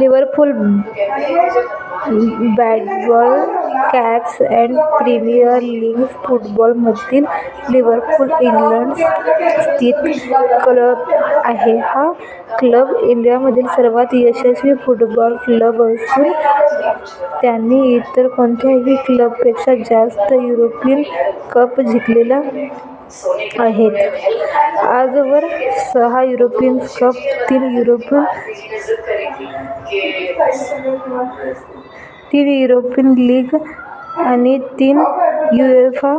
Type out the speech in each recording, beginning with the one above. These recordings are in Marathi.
लिवरपूल फुटबॉल क्लब हा प्रिमियर लीग फुटबॉल मधील लिवरपूल, इंग्लंड स्थित क्लब आहे. हा क्लब इंग्लंडमधील सर्वात यशस्वी फुटबॉल क्लब असून त्यांनी इतर कोणत्याही क्लब पेक्षा जास्त युरोपियन कप जिंकलेले आहेत. आजवर सहा युरोपियन कप, तीन युरोप लीग आणि तीन युएफा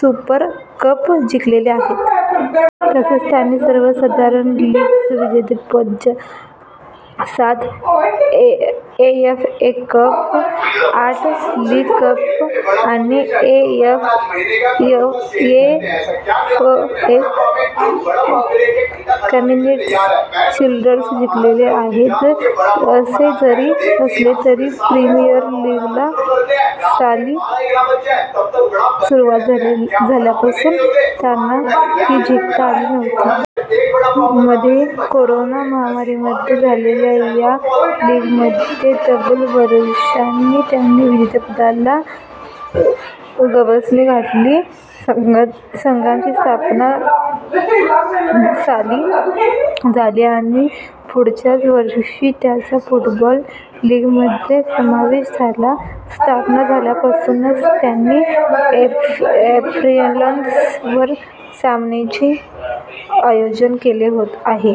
सुपर कप जिंकलेले आहेत. तसेच त्यांनी सर्वसाधारण लीग विजेतेपद, सात एफए कप, आठ लीग कप, आणि एफए कम्युनिटी शील्ड्स जिंकलेले आहेत. असे जरी असले तरी प्रिमियर लीगला साली सुरुवात झाल्यापासून त्यांना ती जिंकता आली नव्हती. मध्ये करोना महामारीमध्ये झालेल्या या लीगमध्ये तब्बल वर्षांनी त्यांनी विजेतेपदाला गवसणी घातली. संघाची स्थापना साली झाली आणि पुढच्याच वर्षी त्यांचा फुटबॉल लीग मध्ये समावेश झाला. स्थापना झाल्यापासूनच त्यानी एन्फिल्ड वर सामन्यांचे आयोजन केले आहे.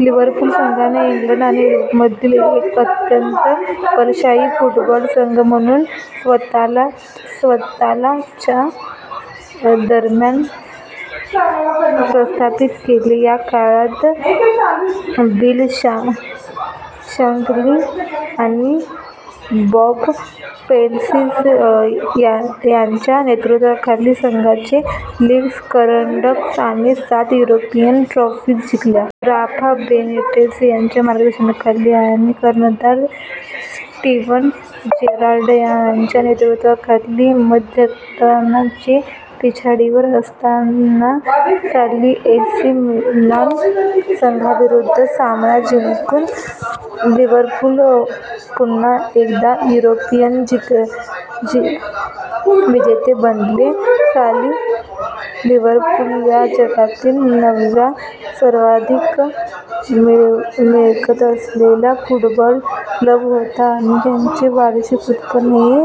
लिवरपूल संघाने इंग्लंड आणि युरोपमधील एक अत्यंत बलशाली फुटबॉल संघ म्हणून स्वतःला - च्या दरम्यान प्रस्थापित केले. या काळात बिल शांकली आणि बॉब पेस्ली यांच्या नेतृत्वाखाली संघाने लीग करंडक आणि सात युरोपियन ट्रोफिज जिंकल्या. राफा बेनिटेज यांच्या मार्गदर्शनाखाली आणि कर्णधार स्टीवन जेरार्ड याच्या नेतृत्वाखाली मध्यंतराला - ने पिछाडीवर असतानाही साली एसी मिलान संघाविरुद्ध सामना जिंकून लिवरपूल पुन्हा एकदा युरोपियन विजेते बनले. - साली लिवरपूल हा जगातील नववा सर्वाधिक मिळकत असेलला फुटबॉल क्लब होता, आणि त्यांचे वार्षिक उत्पन्न हे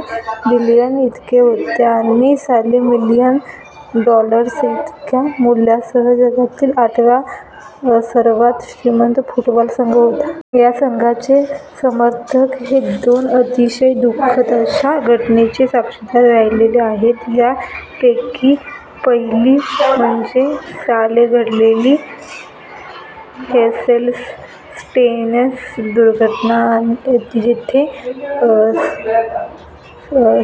मिलियन इतके होते, आणि साली मिलियन डॉलर्स इतक्या मुल्ल्यासह जगातील आठवा सर्वात श्रीमंत फुटबॉल संघ होता. या संघाचे समर्थक हे दोन अतिशय दुःखद अशा घटनांचे साक्षीदार राहिलेले आहेत. या पैकी पहिली म्हणजे साले घडलेली हेसेल स्टेडियम दुर्घटना जिथे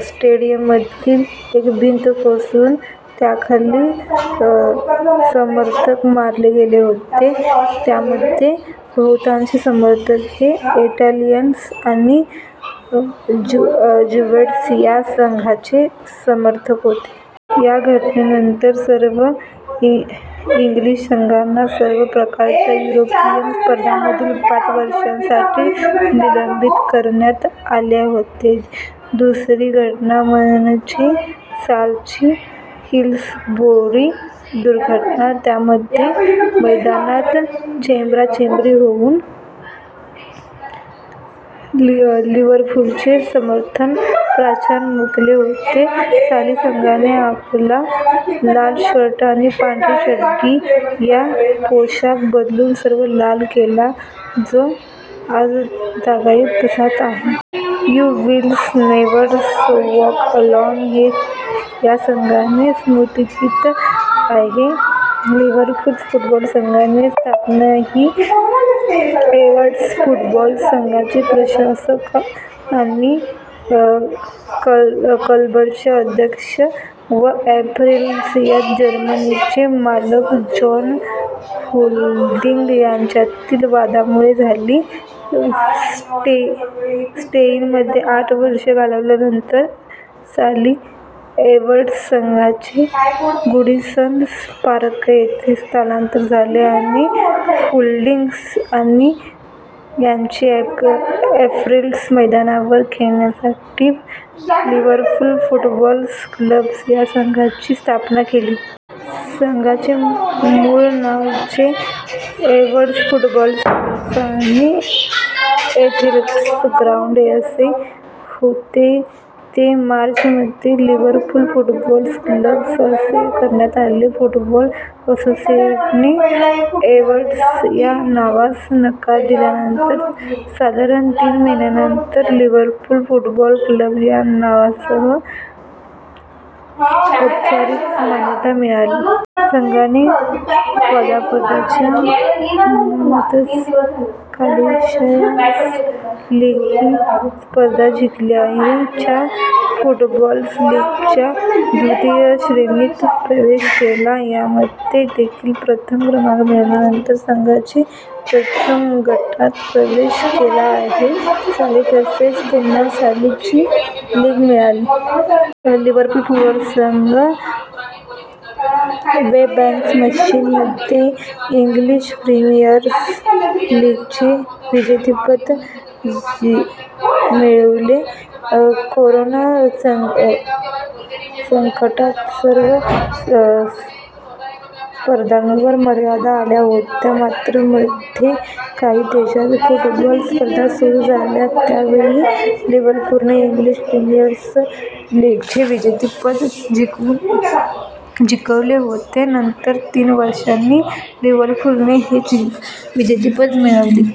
स्टेडियममधील एक भिंत कोसळून त्याखाली समर्थक मारले गेले होते. यामध्ये बहुतांशी समर्थक हे इटालियन आणि जूवेंटस या संघाचे समर्थक होते. या घटनेनंतर सर्व इंग्लिश संघांना सर्व प्रकारच्या युरोपियन स्पर्धांमधून पाच वर्षांसाठी निलंबित करण्यात आले होते. दुसरी घटना म्हणजे सालची हिल्सबोरो दुर्घटना ज्यामध्ये मैदानात चेंगराचेंगरी होऊन लिवरपूलचे समर्थक प्राणास मुकले होते. साली संघाने आपला लाल शर्ट आणि पांढरी चड्डी हा पोशाख बदलून सर्व लाल केला, जो आजतागायत तसाच आहे. "You will never walk alone" हे या संघाचे स्फूर्तीगीत आहे लिवरपूल फुटबॉल संघाची स्थापना ही एव्हर्टन फुटबॉल संघाचे प्रशासक आणि क्लबचे अध्यक्ष व एन्फिल्ड या जमिनीचे मालक जॉन हुल्डींग यांच्यातील वादामुळे झाली. स्टेडीयममध्ये आठ वर्षे घालवल्यानंतर साली एव्हर्टन संघाचे गूडीसन पार्क येथे स्थलांतर झाले आणि हुल्डींग यांनी एन्फिल्ड मैदानावर खेळण्यासाठी लिवरपूल फुटबॉल क्लब या संघाची स्थापना केली. संघाचे मूळ नाव जे "एव्हर्टन फुटबॉल क्लब आणि एथलेटिक्स ग्राउंड " असे होते ते मार्च मध्ये लिवरपूल फुटबॉल क्लब असे करण्यात आले. फुटबॉल असोसिएशन ने एव्हर्टन या नावास नकार दिल्यानंतर साधारण तीन महिन्यानंतर लिवरपूल फुटबॉल क्लब या नावासस औपचारिक मान्यता मिळाली. संघाने पदार्पणाच्या हंगामातच लँकेशायार लीग ही स्पर्धा जिंकली आणि - च्या फुटबॉल लीगच्या द्वितीय श्रेणीत प्रेवेश केला. यामध्ये देखील प्रथम क्रमांक मिळवल्यानंतर संघाने प्रथम गटात प्रवेश केला आणि साली तसेच पुन्हा साली ती लीग जिंकली. लिवरपूल फुटबॉल संघ वेबॅक मशीन. मध्ये इंग्लिश प्रीमियर लीगचे विजेतेपद मिळविले. करोना संकटकाळात सर्व स्पर्धांवर मर्यादा आल्या होत्या. मात्र मध्ये काही देशांत फुटबॉल स्पर्धा सुरू झाल्या. त्या वेळी लिवरपूलने इंग्लिश प्रीमियर लीगचे विजेतेपद मिळविले होते. नंतर तीस वर्षांनी लिवरपूलने हे विजेतेपद मिळविले.